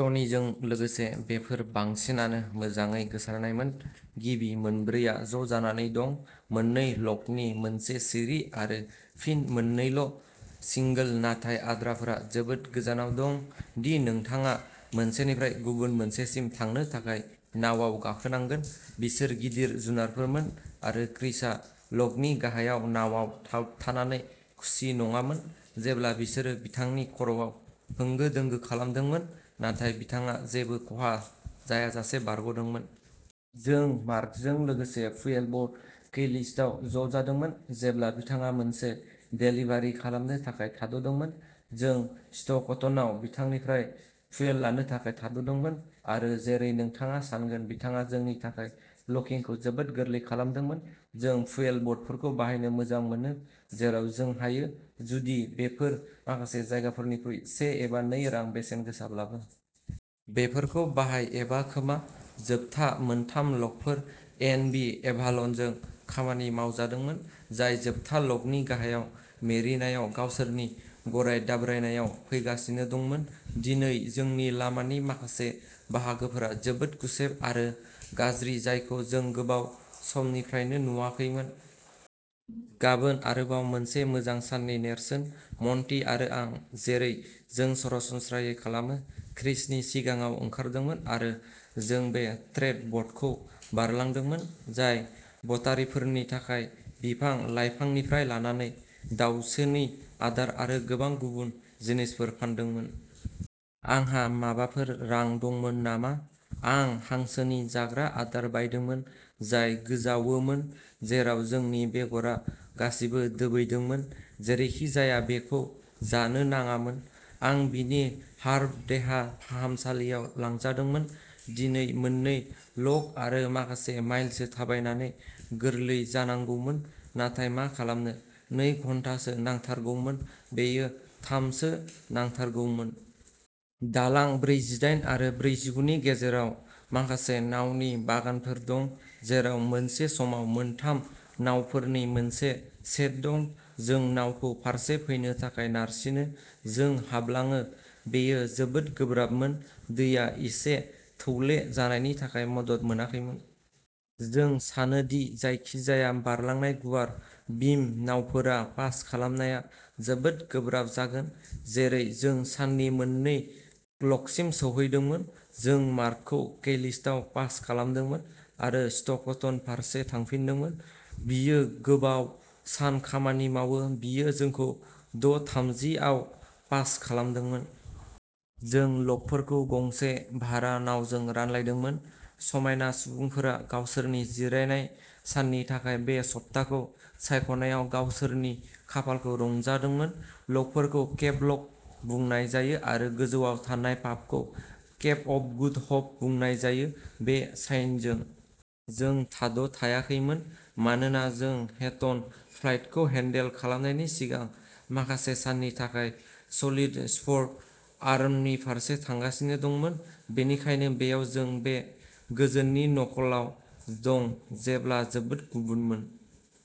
ट'नीजों लोगोसे, बेफोर बांसिनानो मोजाङै गोसारनायमोन। गिबि मोनब्रैआ ज'जानानै दं मोननै ल'कनि मोनसे सिरि आरो फिन मोननै सिंगोल, नाथाय आद्राफोरा जोबोद गोजानाव दं दि नोंथाङा मोनसेनिफ्राय गुबुन मोनसेसिम थांनो थाखाय नावाव गाखोनांगोन। बिसोर गिदिर जुनारफोरमोन आरो क्रिसआ ल'कनि गाहायाव नावाव थावथानानै खुसि नङामोन, जेब्ला बिसोरो बिथांनि खर'आव होंगो दोंगो खालामदोंमोन, नाथाय बिथाङा जेबो खहा जायालासे बारग'दोंमोन। जों मार्कजों लोगोसे फुएल बोट कैलिस्ट'आव ज'जादोंमोन, जेब्ला बिथाङा मोनसे डेलिभारि खालामनो थाखाय थाद'दोंमोन। जों स्ट'कटनआव बिथांनिफ्राय फुएल लानो थाखाय थाद'दोंमोन आरो, जेरै नोंथाङा सान्गोन, बिथाङा जोंनि थाखाय ल'किंखौ जोबोद गोरलै खालामदोंमोन। जों फुएल बोटफोरखौ बाहायनो मोजां मोनो जेराव जों हायो, जुदि बेफोर माखासे जायगाफोरनिख्रुइ से एबा नै रां बेसेनगोसाब्लाबो। बेफोरखौ बाहाय एबा खोमा जोबथा मोनथाम ल'कफोर। एन. बि. एभाल'नजों खामानि मावजादोंमोन, जाय जोबथा लकनि गाहायाव मेरिनायाव गावसोरनि गराय दाब्रायनायाव फैगासिनो दंमोन। दिनै जोंनि लामानि माखासे बाहागोफोरा जोबोद गुसेब आरो गाज्रि जायखौ जों गोबाव समनिफ्रायनो नुवाखैमोन। गाबोन आरोबाव मोनसे मोजां साननि नेरसोन। मन्टि आरो आं, जेरै जों सरासनस्रायै खालामो, क्रिसनि सिगाङाव ओंखारदोंमोन आरो जों बे ट्रेड बोटखौ बारलांदोंमोन, जाय बोटारिफोरनि थाखाय बिफां-लाइफांनिफ्राय लानानै दाउसोनि आदार आरो गोबां गुबुन जिनिसफोर फानदोंमोन। आंहा माबाफोर रां दंमोन नामा? आं हांसोनि जाग्रा आदार बायदोंमोन, जाय गोजावोमोन जेराव जोंनि बेगरा गासिबो दोबैदोंमोन। जेरैखिजाया, बेखौ जानो नाङामोन। आं बिनि हार्ब देहा फाहामसालियाव लांजादोंमोन। दिनै मोननै ल'क आरो माखासे माइलसो थाबायनानै गोरलै जानांगौमोन, नाथाय मा खालामनो नै घन्टासो नांथारगौमोन, बेयो थाम सो नांथारगौमोन। दालां ब्रैदाइन आरो ब्रैजिगु नि गेजेराव माखासे नावनि बागानफोर दं, जेराव मोनसे समाव मोनथाम नावफोरनि मोनसे सेट दं। जों नावखौ फारसे फैनो थाखाय नारसिनो। जों हाबलाङो। बेयो जोबोद गोब्राबमोन, दैया एसे थौले जानायनि थाखाय मदद मोनाखैमोन। जों सानो दि जायखिजाया बारलांनाय गुवार बिम नावफोरा पास खालामनाया जोबोद गोब्राब जागोन। जेरै जों साननि मोननै लकसिम सौहैदोंमोन, जों मार्कखौ कैलिस्ट'आव पास खालामदोंमोन आरो स्ट'कटन फारसे थांफिनदोंमोन। बियो गोबाव सान खामानि मावो बियो जोंखौ द' थामजि आव पास खालामदोंमोन। जों लकफोरखौ गंसे भारा नावजों रानलायदोंमोन-समायना सुबुंफोरा गावसोरनि जिरायनाय साननि थाखाय बे सप्ताखौ सायख'नायाव गावसोरनि खाफालखौ रंजादोंमोन। लकफोरखौ केप लक बुंनाय जायो आरो गोजौआव थानाय पाबखौ केप अफ गुड हप बुंनाय जायो बे साइनजों। जों थाद'थायाखैमोन मानोना जों हेटन फ्लाइटखौ हेन्डल खालामनायनि सिगां माखासे साननि थाखाय सल्टिसफ'र्ड आर्मनि फारसे थांगासिनो दंमोन। बेनिखायनो बेयाव जों बे गोजोननि नखलआव दं जेब्ला जोबोद गुबुनमोन।